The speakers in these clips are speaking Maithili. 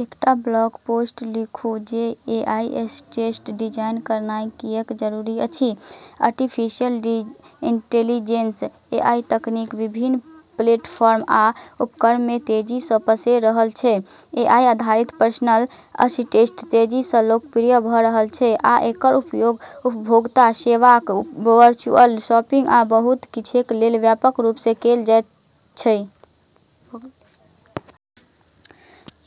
एकटा ब्लॉग पोस्ट लिखु जे एआई असिस्टेंटके डिजाइन करनाइ किएक जरूरी अछि । आर्टिफिशियल इंटेलिजेंस (एआई) तकनीक विभिन्न प्लेटफार्म आ उपकरणमे तेजीसँ पसैर रहल छै । एआई आधारित पर्सनल असिस्टेंट तेजीसँ लोकप्रिय भ' रहल छै आ एकर उपयोग उपभोक्ता सेवाक, वर्चुअल शॉपिंग आ बहुत किछके लेल व्यापक रूपसँ कैल जाइत छै ।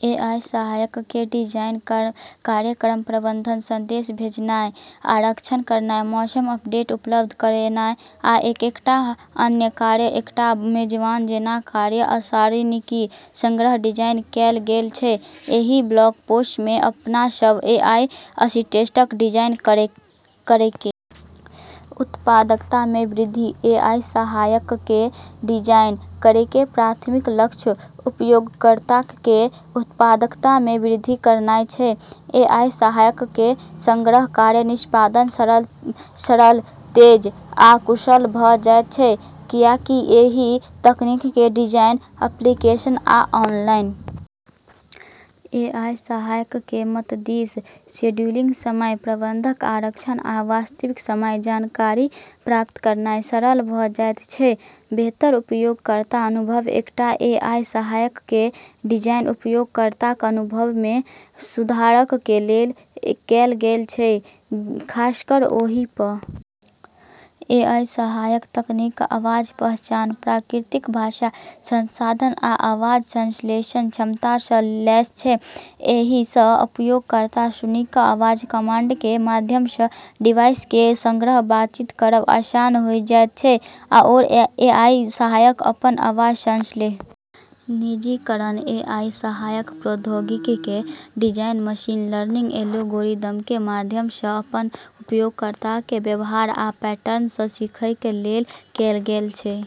एआई सहायकके डिजाइन कार्यक्रमक प्रबंधन, संदेश भेजनाइ, आरक्षण करनाइ, मौसम अपडेट उपलब्ध करेनाइ, आ कएक टा अन्य कार्यक एकटा मेजबान जेना कार्यक सारिणीके सङ्ग डिजाइन कैल गेल छै । एहि ब्लॉग पोस् मे अपनासब एआई असिस्टेंटके डिजाइन करैके महत्वके बारेमे जानब आओर ई कोना अपना सबहक बातचीत आओर काज करैके तरीकामे क्रांति आनि सकैत अछि । उत्पादकतामे वृद्धि एआई सहायकके डिजाइन करैके प्राथमिक लक्ष्य उपयोगकर्ताकेँ उत्पादकतामे वृद्धि करनाइ छै । एआई सहायकके सङ्ग कार्यक निष्पादन सरल, तेज आ कुशल भ' जाइत छै, किएकि एहि तकनीकके डिजाइन एप्लीकेशन आ ऑनलाइन प्लेटफॉर्मक सारिणीके सङ्ग एकीकृत करैके लेल बनायल गेल छै । एआई सहायकके मदतिसँ शेड्यूलिंग, समय प्रबंधन, आरक्षण आ वास्तविक समय जानकारी प्राप्त करनाइ सरल भ' जाइत छै । बेहतर उपयोगकर्ता अनुभव एकटा एआई सहायकके डिजाइन उपयोगकर्ताक अनुभवमे सुधारके लेल कैल गेल छै खासकर ओहि पहलुमे जे ओ प्रौद्योगिकीसँ बातचीत करैके तरीकाके सरल बनबैत छै । एआई सहायक तकनीक आवाज पहचान, प्राकृतिक भाषा संसाधन आ आवाज संश्लेषण क्षमतासँ लैस छै । एहिसँ उपयोगकर्ता सुनिके आवाज कमांडके माध्यमसँ अपन डिवाइसके सङ्ग बातचीत करब आसान होइ जाइत छै आओर एआई सहायक अपन आवाज संश्लेषण क्षमताके माध्यमसँ मानव जेहन आवाजमे प्रतिक्रिया द' सकै छै। निजीकरण एआई सहायक प्रौद्योगिकीके डिजाइन मशीन लर्निंग एल्गोरिदमके माध्यमसँ अपन उपयोगकर्ताके व्यवहार आ पैटर्नसँ सीखयके लेल कैल गेल छै।